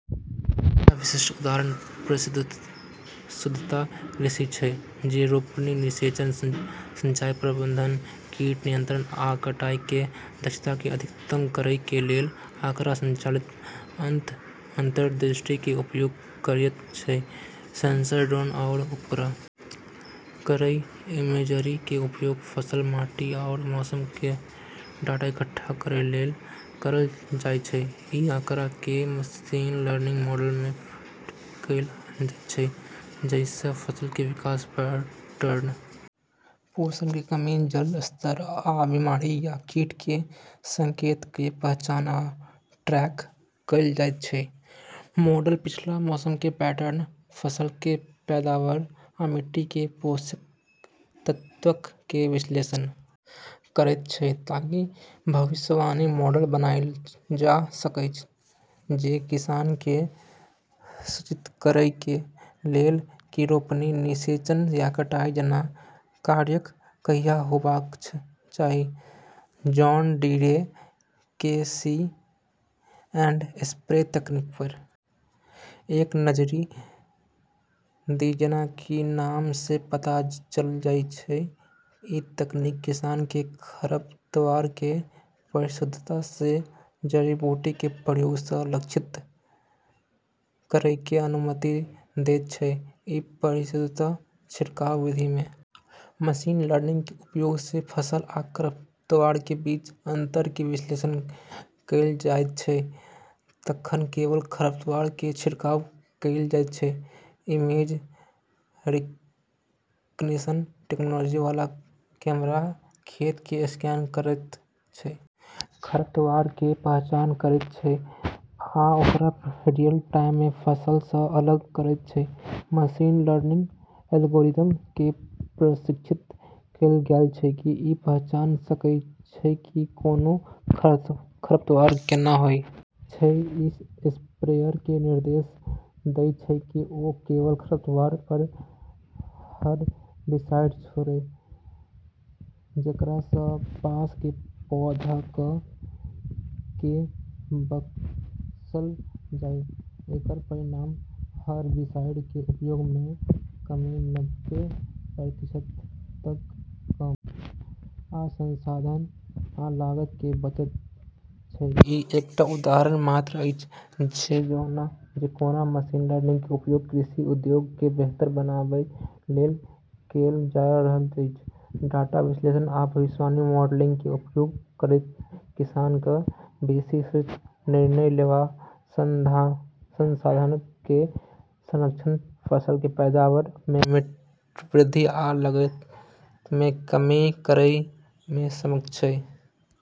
एकटा विशिष्ट उदाहरण परिशुद्धता कृषि छै जे रोपनी, निषेचन, सिंचाई प्रबंधन, कीट नियंत्रण आ कटाई कें दक्षता कें अधिकतम करय कें लेल आंकड़ा संचालित अंतर्दृष्टि कें उपयोग करयत छै, सेंसर, ड्रोन आरू उपग्रह केरऽ इमेजरी के उपयोग फसल, माटी आरू मौसम केरऽ डाटा इकट्ठा करै लेली करलऽ जाय छै, इ आंकड़ा कें मशीन लर्निंग मॉडल मे फीड कैल जायत छै, जइ सं फसल कें विकास पैटर्न, पोषण कें कमी, जल स्तर, आ बीमारी या कीट कें संकेतक कें पहचान आ ट्रैक कैल जायत छै, मॉडल पिछला मौसम कें पैटर्न, फसल कें पैदावार आ मिट्टी कें पोषक तत्वक कें विश्लेषण करयत छै ताकि भविष्यवाणी मॉडल बनायल जा सकय जे किसानक कें सूचित करय कें लेल की रोपनी, निषेचन या कटाई जैना कार्यक कहिया होबाक चाही, जॉन डीरे के सी एंड स्प्रे तकनीक पर एक नजरि दी जेना कि नाम सं पता चलय छै, इ तकनीक किसानक कें खरपतवार कें परिशुद्धता सं जड़ी-बूटी कें प्रयोग सं लक्षित करय कें अनुमति देयत छै, इ परिशुद्धता छिड़काव विधि मे मशीन लर्निंग कें उपयोग सं फसल आ खरपतवार कें बीच अंतर कें विश्लेषण कैल जायत छै तखन केवल खरपतवार कें छिड़काव कैल जायत छै, इमेज-रिकग्निशन टेक्नोलॉजी वाला कैमरा खेत कें स्कैन करयत छै, खरपतवारक कें पहचान करयत छै आ ओकरा रियल टाइम मे फसल सं अलग करयत छै, मशीन लर्निंग एल्गोरिदम कें प्रशिक्षित कैल गेल छै की इ पहचान सकय छै की कोनों खरपतवार कैना होय छै, इ स्प्रेयर कें निर्देश दै छै कि ओ केवल खरपतवार पर हरबिसाइड छोड़य, जेकरा सं पास कें पौधाक कें बख्शल जाय, एकर परिणाम हरबिसाइड कें उपयोग मे कमी नब्बे प्रतिशत तइक कम आ संसाधन आ लागत कें बचत छै, ई एकटा उदाहरण मात्र अछि जे कोना मशीन लर्निंग के उपयोग कृषि उद्योग के बेहतर बनाबय लेल कएल जा रहल अछि, डाटा विश्लेषण आ भविष्यवाणी मॉडलिंग कें उपयोग करयत किसानक बेसि सूचित निर्णय लेवा, संसाधनक कें संरक्षण, फसल कें पैदावार मे वृद्धि आ लागत मे कमी करय मे सक्षम छै।